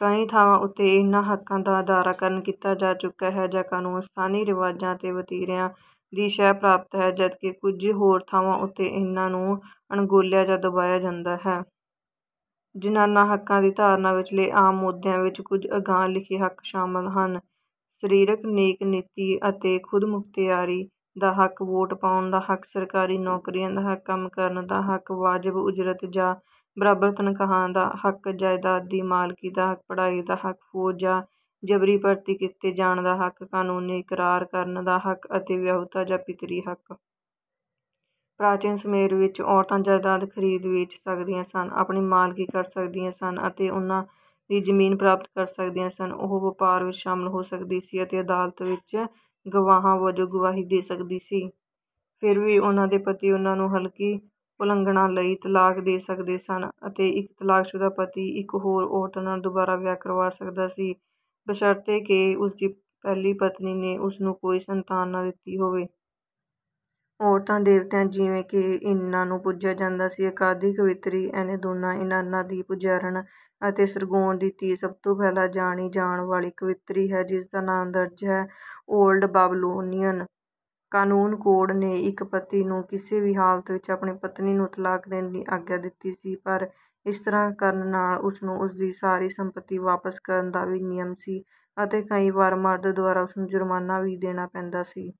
ਕਈ ਥਾਂਵਾਂ ਉੱਤੇ ਇਹਨਾਂ ਹੱਕਾਂ ਦਾ ਅਦਾਰਾਕਰਨ ਕੀਤਾ ਜਾ ਚੁੱਕਾ ਹੈ ਜਾਂ ਕਨੂੰਨ, ਸਥਾਨੀ ਰਿਵਾਜਾਂ ਅਤੇ ਵਤੀਰਿਆਂ ਦੀ ਸ਼ਹਿ ਪ੍ਰਾਪਤ ਹੈ ਜਦਕਿ ਕੁਝ ਹੋਰ ਥਾਂਵਾਂ ਉੱਤੇ ਇਹਨਾਂ ਨੂੰ ਅਣਗੌਲਿਆ ਜਾਂ ਦਬਾਇਆ ਜਾਂਦਾ ਹੈ। ਜ਼ਨਾਨਾ ਹੱਕਾਂ ਦੀ ਧਾਰਨਾ ਵਿਚਲੇ ਆਮ ਮੁੱਦਿਆਂ ਵਿੱਚ ਕੁਝ ਅਗਾਂਹ ਲਿਖੇ ਹੱਕ ਸ਼ਾਮਲ ਹਨ ਸਰੀਰਕ ਨੇਕ ਨੀਤੀ ਅਤੇ ਖੁਦਮੁਖਤਿਆਰੀ ਦਾ ਹੱਕ, ਵੋਟ ਪਾਉਣ ਦਾ ਹੱਕ, ਸਰਕਾਰੀ ਨੌਕਰੀਆਂ ਦਾ ਹੱਕ, ਕੰਮ ਕਰਨ ਦਾ ਹੱਕ, ਵਾਜਬ ਉਜਰਤ ਜਾਂ ਬਰਾਬਰ ਤਨਖਾਹਾਂ ਦਾ ਹੱਕ, ਜਾਇਦਾਦ ਦੀ ਮਾਲਕੀ ਦਾ ਹੱਕ, ਪੜ੍ਹਾਈ ਦਾ ਹੱਕ, ਫੌਜ ਜਾਂ ਜ਼ਬਰੀ ਭਰਤੀ ਕੀਤੇ ਜਾਣ ਦਾ ਹੱਕ, ਕਨੂੰਨੀ ਇਕਰਾਰ ਕਰਨ ਦਾ ਹੱਕ ਅਤੇ ਵਿਆਹੁਤਾ ਜਾਂ ਪਿਤਰੀ ਹੱਕ। ਪ੍ਰਾਚੀਨ ਸੁਮੇਰ ਵਿੱਚ ਔਰਤਾਂ ਜਾਇਦਾਦ ਖਰੀਦ, ਵੇਚ ਸਕਦੀਆਂ ਸਨ, ਆਪਣੀ ਮਾਲਕੀ ਕਰ ਸਕਦੀਆਂ ਸਨ ਅਤੇ ਉਨ੍ਹਾਂ ਦੀ ਜ਼ਮੀਨ ਪ੍ਰਾਪਤ ਕਰ ਸਕਦੀਆਂ ਸਨ। ਉਹ ਵਪਾਰ ਵਿੱਚ ਸ਼ਾਮਲ ਹੋ ਸਕਦੀ ਸੀ, ਅਤੇ ਅਦਾਲਤ ਵਿੱਚ ਗਵਾਹਾਂ ਵਜੋਂ ਗਵਾਹੀ ਦੇ ਸਕਦੀ ਸੀ। ਫਿਰ ਵੀ, ਉਨ੍ਹਾਂ ਦੇ ਪਤੀ ਉਨ੍ਹਾਂ ਨੂੰ ਹਲਕੀ ਉਲੰਘਣਾ ਲਈ ਤਲਾਕ ਦੇ ਸਕਦੇ ਸਨ, ਅਤੇ ਇੱਕ ਤਲਾਕਸ਼ੁਦਾ ਪਤੀ ਇੱਕ ਹੋਰ ਔਰਤ ਨਾਲ ਦੁਬਾਰਾ ਵਿਆਹ ਕਰਵਾ ਸਕਦਾ ਸੀ, ਬਸ਼ਰਤੇ ਕਿ ਉਸਦੀ ਪਹਿਲੀ ਪਤਨੀ ਨੇ ਉਸਨੂੰ ਕੋਈ ਸੰਤਾਨ ਨਾ ਦਿੱਤੀ ਹੋਵੇ। ਔਰਤਾਂ ਦੇਵਤਿਆਂ, ਜਿਵੇਂ ਕਿ ਇਨਨਾ, ਨੂੰ ਪੂਜਿਆ ਜਾਂਦਾ ਸੀ। ਅੱਕਾਦੀ ਕਵਿੱਤਰੀ ਐਨੇਦੁਨਾ, ਇਨਾਨਾ ਦੀ ਪੁਜਾਰਨ ਅਤੇ ਸਰਗੋਨ ਦੀ ਧੀ, ਸਭ ਤੋਂ ਪਹਿਲਾਂ ਜਾਣੀ ਜਾਣ ਵਾਲੀ ਕਵਿੱਤਰੀ ਹੈ ਜਿਸਦਾ ਨਾਮ ਦਰਜ ਹੈ। ਓਲਡ ਬਾਬਲੋਨੀਅਨ ਕਾਨੂੰਨ ਕੋਡ ਨੇ ਇੱਕ ਪਤੀ ਨੂੰ ਕਿਸੇ ਵੀ ਹਾਲਤ ਵਿੱਚ ਆਪਣੀ ਪਤਨੀ ਨੂੰ ਤਲਾਕ ਦੇਣ ਦੀ ਆਗਿਆ ਦਿੱਤੀ ਸੀ, ਪਰ ਇਸ ਤਰ੍ਹਾਂ ਕਰਨ ਨਾਲ ਉਸਨੂੰ ਉਸਦੀ ਸਾਰੀ ਸੰਪਤੀ ਵਾਪਸ ਕਰਨ ਦਾ ਵੀ ਨਿਯਮ ਸੀ ਅਤੇ ਕਈ ਵਾਰ ਮਰਦ ਦੁਆਰਾ ਉਸਨੂੰ ਜੁਰਮਾਨਾ ਵੀ ਦੇਣਾ ਪੈਂਦਾ ਸੀ।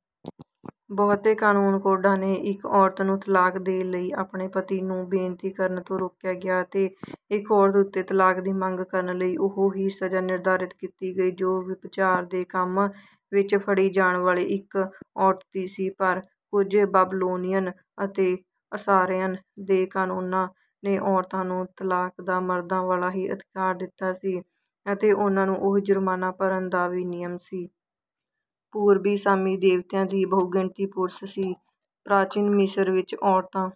ਬਹੁਤੇ ਕਾਨੂੰਨ ਕੋਡਾਂ ਨੇ ਇੱਕ ਔਰਤ ਨੂੰ ਤਲਾਕ ਦੇ ਲਈ ਆਪਣੇ ਪਤੀ ਨੂੰ ਬੇਨਤੀ ਕਰਨ ਤੋਂ ਰੋਕਿਆ ਗਿਆ ਅਤੇ ਇੱਕ ਔਰਤ ਉੱਤੇ ਤਲਾਕ ਦੀ ਮੰਗ ਕਰਨ ਲਈ ਉਹ ਹੀ ਸਜ਼ਾ ਨਿਰਧਾਰਿਤ ਕੀਤੀ ਗਈ ਜੋ ਵਿਭਚਾਰ ਦੇ ਕੰਮ ਵਿੱਚ ਫੜੀ ਜਾਣ ਵਾਲੀ ਇੱਕ ਔਰਤ ਦੀ ਸੀ, ਪਰ ਕੁਝ ਬਾਬਲੋਨੀਅਨ ਅਤੇ ਅਸਾਰਿਅਨ ਦੇ ਕਾਨੂੰਨਾਂ ਨੇ ਔਰਤਾਂ ਨੂੰ ਤਲਾਕ ਦਾ ਮਰਦਾਂ ਵਾਲਾ ਹੀ ਅਧਿਕਾਰ ਦਿੱਤਾ ਸੀ, ਅਤੇ ਉਨ੍ਹਾਂ ਨੂੰ ਉਹੀ ਜੁਰਮਾਨਾ ਭਰਨ ਦਾ ਵੀ ਨਿਯਮ ਸੀ। ਪੂਰਬੀ ਸਾਮੀ ਦੇਵਤਿਆਂ ਦੀ ਬਹੁਗਿਣਤੀ ਪੁਰਸ਼ ਸੀ। ਪ੍ਰਾਚੀਨ ਮਿਸਰ ਵਿੱਚ, ਔਰਤਾਂ